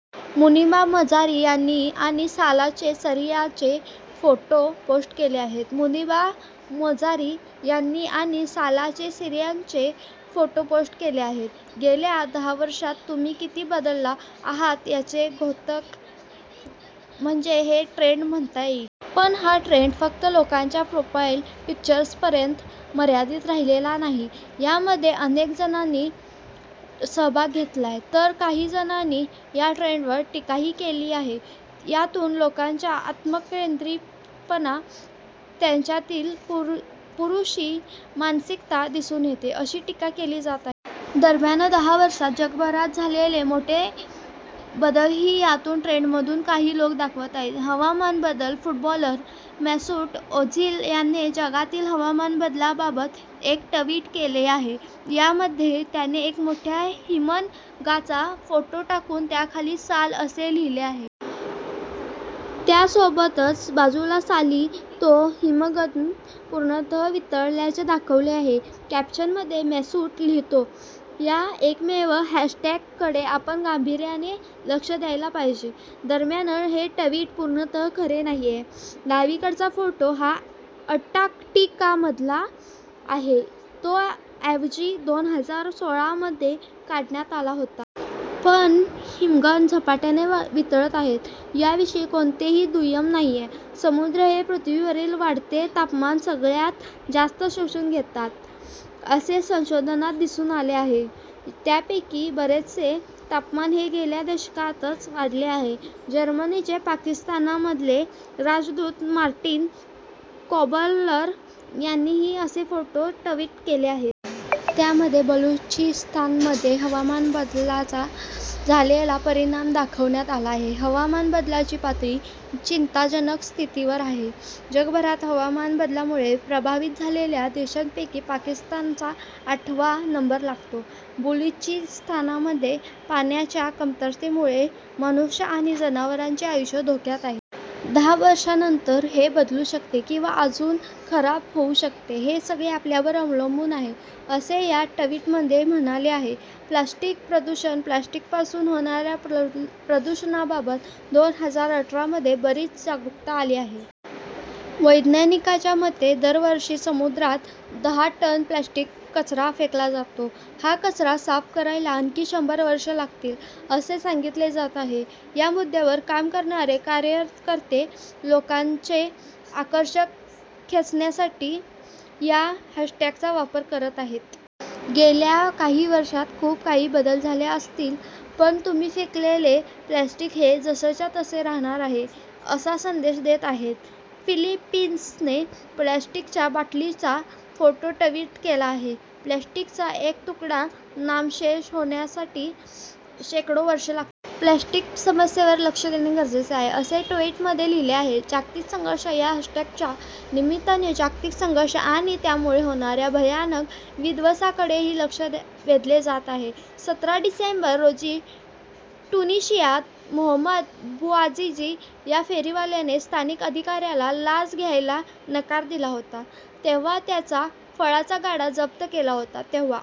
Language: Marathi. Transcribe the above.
मुनिबा मजारी यांनी आणि सालाचे सीरियाचे फोटो पोस्ट केले आहेत. मुनिबा मजारी यांनी आणि सालाचे सीरियाचे फोटो पोस्ट केले आहेत. गेल्या दहा वर्षांत तुम्ही किती बदलला आहात, याचे द्योतक म्हणजे हा ट्रेंड म्हणता येईल. पण हा ट्रेंड फक्त लोकांच्या प्रोफाईल पिक्चर्सपर्यंत मर्यादित राहिलेला नाही. यामध्ये अनेक जणांनी सहभाग घेतलाय तर काही जणांनी या ट्रेंडवर टीकाही केली आहे. यातून लोकांचा आत्मकेंद्रितपणा, त्यांच्यातील पुरुषी मानसिकता दिसून येते, अशी टीका केली जात आहे. दरम्यान, दहा वर्षांत जगभरात झालेले मोठे बदलही यातून ट्रेंडमधून काही लोक दाखवत आहेत. हवामान बदल - फुटबॉलर मेसूट ओझिल याने जागतिक हवामान बदलाबाबत एक ट्वीट केले आहे. यामध्ये त्याने एक मोठ्या हिमनगाचा फोटो टाकून त्याखाली साल, असे लिहिले आहे. त्यासोबतच बाजूला साली तो हिमनग पूर्णतः वितळल्याचे दाखवले आहे. कॅप्शनमध्ये मेसूट लिहितो, 'या एकमेव हॅशटॅग कडे आपण गांभीर्याने लक्ष द्यायला पाहिजे.' दरम्यान हे ट्वीट पूर्णतः खरे नाहीये. डावीकडचा फोटो हा अंटार्क्टिकामधला आहे. तो ऐवजी दोन हजार सोळा मध्ये काढण्यात आला होता. पण, हिमनग झपाट्याने वितळत आहेत, याविषयी कोणतेही दुमत नाहीये. समुद्र हे पृथ्वीवरील वाढते तापमान सगळ्यात जास्त शोषून घेतात, असे संशोधनात दिसून आले आहे. त्यापैकी बरेचसे तापमान हे गेल्या दशकातच वाढले आहे. जर्मनीचे पाकिस्तानमधले राजदूत मार्टिन कॉबलर यांनीही असे फोटो ट्वीट केले आहेत. त्यामध्ये बलुचिस्तानमध्ये हवामान बदलाचा झालेला परिणाम दाखवण्यात आला आहे. 'हवामान बदलाची पातळी चिंताजनक स्थितीवर आहे. जगभरात हवामान बदलामुळे प्रभावित झालेल्या देशांपैकी पाकिस्तानचा आठवा नंबर लागतो. बलुचिस्तानमध्ये पाण्याच्या कमतरतेमुळे मनुष्य आणि जनावरांचे आयुष्य धोक्यात आहे. दहा वर्षांनंतर हे बदलू शकते किंवा अजून खराब होऊ शकते. हे सगळे आपल्यावर अवलंबून आहे,' असे ते या ट्वीटमध्ये म्हणाले आहेत. प्लास्टिक प्रदूषण - प्लास्टिकपासून होणाऱ्या प्रदूषणाबाबत दोन हजार अठरा मध्ये बरीच जागरूकता आली आहे. वैज्ञानिकांच्या मते दरवर्षी समुद्रात दहा टन प्लास्टिक कचरा फेकला जातो. हा कचरा साफ करायला आणखी शंभर वर्षे लागतील, असे सांगितले जात आहे. या मुद्द्यांवर काम करणारे कार्यकर्ते लोकांचे आकर्षण खेचण्यासाठी या हॅशटॅगचा वापर करत आहेत. गेल्या काही वर्षांत खूप काही बदल झाले असतील पण तुम्ही फेकलेले प्लास्टिक हे जसंच्या तसे राहणार आहे, असा संदेश देत आहेत. फिलिपिन्सने प्लास्टिकच्या बाटलीचा फोटो ट्वीट केला आहे. 'प्लास्टिकचा एक तुकडा नामशेष होण्यासाठी शेकडो वर्षे लागतात. प्लास्टिक समस्येवर लक्ष देणे गरजेचे आहे,' असे त्या ट्वीटमध्ये लिहिले आहे. जागतिक संघर्ष - या हॅशटॅगच्या निमित्ताने जागतिक संघर्ष आणि त्यामुळे होणाऱ्या भयानक विध्वंसाकडेही लक्ष वेधले जात आहे. सतरा डिसेंबर रोजी ट्युनिशियात मोहम्मद बुआजिजी या फेरीवाल्याने स्थानिक अधिकाऱ्याला लाच द्यायला नकार दिला होता. तेव्हा त्याचा फळांचा गाडा जप्त केला होता. तेव्हा